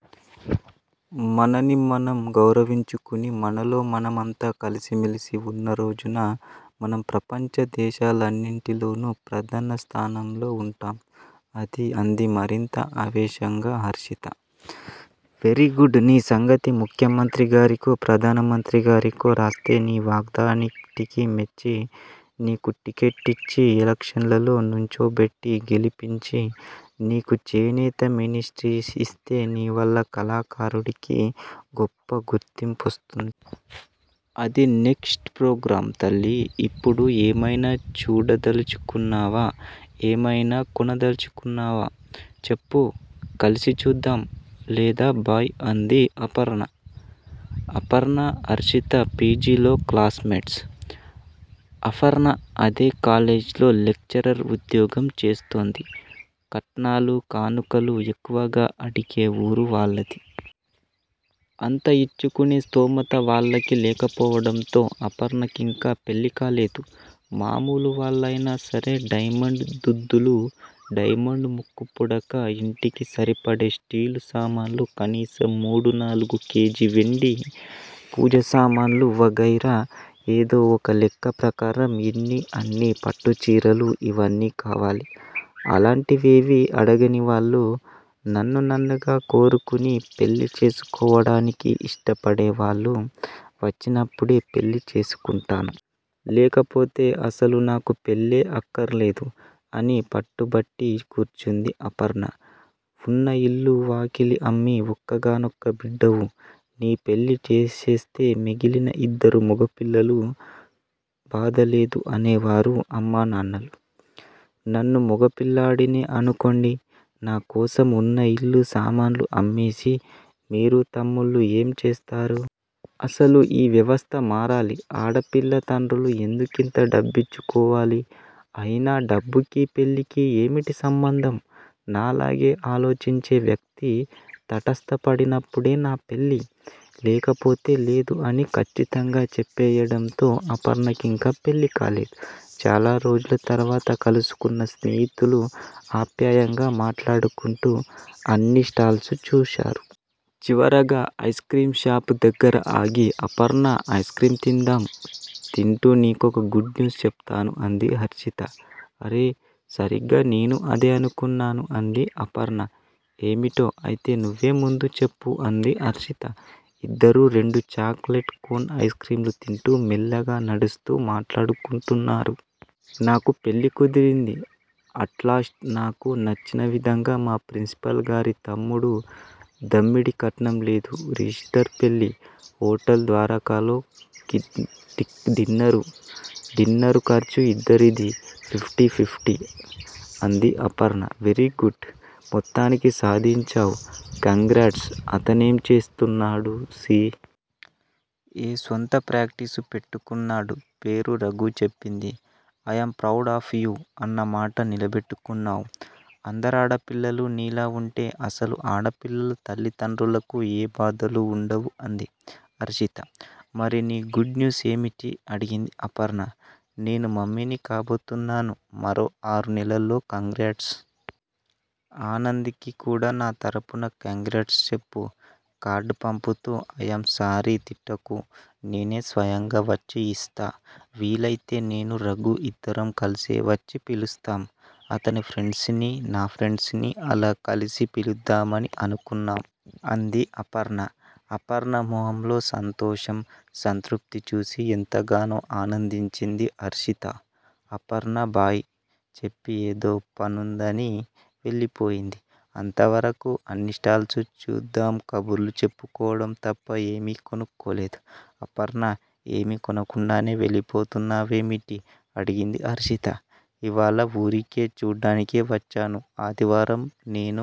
మనని మనం గౌరవించుకుని మనలో మనం అంతా కలిసి మెలిసి ఉన్నరోజున మనం ప్రపంచ దేశాలన్నింటిల్లోనూ ప్రధన స్థానంలో ఉంటాం అంది మరింత ఆవేశంగా హర్షిత. వెరీ గుడ్ నీ సంగతి ముఖ్యమంత్రిగారికో ప్రధానమంత్రిగారికో రాస్తే నీ వాగ్ధాటికి మెచ్చి, నీకు టిక్కెట్టిచ్చి ఎలక్షన్లలో నుంచోబెట్టి గెలిపించి, నీకు చేనేతమినిస్ట్రియిస్తే నీ వల్ల కళాకారుడికి గొప్ప గుర్తింపొస్తుంది. అది నెక్స్ట్ ప్రోగ్రాం. తల్లీ! ఇప్పుడు ఏమైనా చూడదలుచుకున్నావా? ఏమైనా కొనదల్చుకున్నావా? చెప్పు, కలిసి చూద్దాం. లేదా 'బై' అంది అపర్ణ., అపర్ణ హర్షిత పి. జి. లో క్లాస్ మెట్స్! అఫర్ణ అదే కాలేజ్ లో లెక్చరర్ ఉద్యోగం చేస్తోంది. కట్నాలూ, కానుకలూ ఎక్కువగా అడిగే ఊరు వాళ్ళది. అంత ఇచ్చుకునే స్థోమత వాళ్ళకి లేకపోవడంతో అపర్ణకింకా పెళ్ళికాలేదు. మామూలు వాళ్ళైనా సరే డైమండ్ దుద్దులూ, డైమండ్ ముక్కుపుడకా, ఇంటికి సరిపడే స్టీలు సామాన్లూ కనీసం మూడునాలుగు కేజీ వెండి పూజసామాన్లూ వగైరా, ఏదో ఒకలెక్క ప్రకారం ఇన్నీ అని పట్టుచీరలూ ఇవన్నీ కావాలి. అలాంటివేవీ అడగనివాళ్ళు నన్ను నన్నుగా కోరుకుని పెళ్ళి చేసుకోవడానికి ఇష్టపడేవాళ్ళు వచ్చినప్పుడే పెళ్ళి చేసుకుంటాను. లేకపోతే అసలు నాకు పెళ్లే అక్కర్లేదు అని పట్టుబట్టి కూర్చుంది అపర్ణ. ఉన్న ఇల్లూ వాకిలీ అమ్మి ఒక్కగానొక్క బిడ్డవు. నీపెళ్ళి చేసేస్తే, మిగిలిన ఇద్దరూ మొగపిల్లలు. బాధలేదు అనేవారు అమ్మానాన్నలు! నన్నూ మొగపిల్లాడినే అనుకోండి. నా కోసం ఉన్న ఇల్లూ, సామాన్లూ అమ్మేసి మీరు తమ్ముళ్ళూ ఏం చేస్తారు? అసలు ఈ వ్యవస్థ మారాలి. ఆడపిల్ల తండ్రులు ఎందుకింత డబ్బిచ్చుకోవాలి? అయినా డబ్బుకీ, పెళ్ళికీ ఏమిటి సంబంధం? నాలాగే ఆలోచించే వ్యక్తి తటస్థపడినప్పుడే నా పెళ్ళి, లేకపోతే లేదు అని ఖచ్చితంగా చెప్పెయ్యడంతో అపర్ణకింకా పెళ్ళికాలేదు. చాలారోజుల తరువాత కలుసుకున్న స్నేహితులు ఆప్యాయంగా మాట్లాడుకుంటూ అన్ని స్టాల్సూ చూశారు. చివరగా ఐస్ క్రీం షాప్ దగ్గర ఆగి, అపర్ణా ఐస్ క్రీం తిందాం. తింటూ నీకొక గుడ్ న్యూస్ చెపుతాను అంది హర్షిత. అరె! సరిగ్గా నేనూ అదే అనుకున్నాను అంది అపర్ణ. ఏమిటో! అయితే నువ్వే ముందు చెప్పు అంది హర్షిత. ఇద్దరూ రెండు చాక్ లెట్ కోన్ ఐస్ క్రీంలు తింటూ, మెల్లగా నడుస్తూ మాట్లాడుకుంటున్నారు. నాకు పెళ్ళి కుదిరింది. అట్ లాస్ట్ నాకు నచ్చిన విధంగా, మా ప్రిన్సిపాల్ గారి తమ్ముడు. దమ్మిడీ కట్నం లేదు. రిజిష్టర్ పెళ్ళి, హోటల్ ద్వారకాలో డిన్నరు. డిన్నరు ఖర్చు ఇద్దరిదీ ఫిఫ్టీ ఫిఫ్టీ! అంది అపర్ణ. వెరీగుడ్! మొత్తానికి సాధించావు! కంగ్రాట్స్! అతనేం చేస్తున్నాడు సి. ఎ. స్వంత ప్రాక్టీసు పెట్టుకున్నాడు. పేరు రఘు చెప్పింది. I am proud of you. అన్నమాట నిలబెట్టుకున్నావు. అందరాడపిల్లలూ నీలా ఉంటే అసలు ఆడపిల్లల తల్లిదండ్రులకు ఏ బాధలూ ఉండవు అంది హర్షిత. మరి నీ గుడ్ న్యూస్ ఏమిటి? అడిగింది అపర్ణ. నేను మమ్మీని కాబోతున్నాను మరో ఆరునెలల్లో కంగ్రాట్స్! ఆనంద్ కి కూడా నా తరపున కంగ్రాట్స్ చెప్పు. కార్డ్ పంపుతా ఐయామ్ సారీ తిట్టకు. నేనే స్వయంగా వచ్చి ఇస్తా. వీలైతే నేనూ రఘూ ఇద్దరం కలిసే వచ్చి పిలుస్తాం. అతని ఫ్రెండ్స్ నీ, నా ఫ్రెండ్స్ నీ, అలా కలిసి పిలుద్దామని అనుకున్నాం. అంది అపర్ణ. అపర్ణ మొహంలో సంతోషం. సంతృప్తి చూసి ఎంతగానో ఆనందించింది హర్షిత. అపర్ణ 'బై' చెప్పి ఏదో పనుందని వెళ్ళిపోయింది. అంతవరకూ అన్ని స్టాల్సూ చూడ్డం, కబుర్లు చెప్పుకోవడం తప్ప ఏమీ కొనుక్కోలేదు. అపర్ణా, ఏమీ కొనకుండానే వెళ్ళిపోతున్నావేమిటి? అడిగింది హర్షిత. ఇవ్వాళ ఊరికే చూడ్డానికే వచ్చాను. ఆదివారం నేనూ,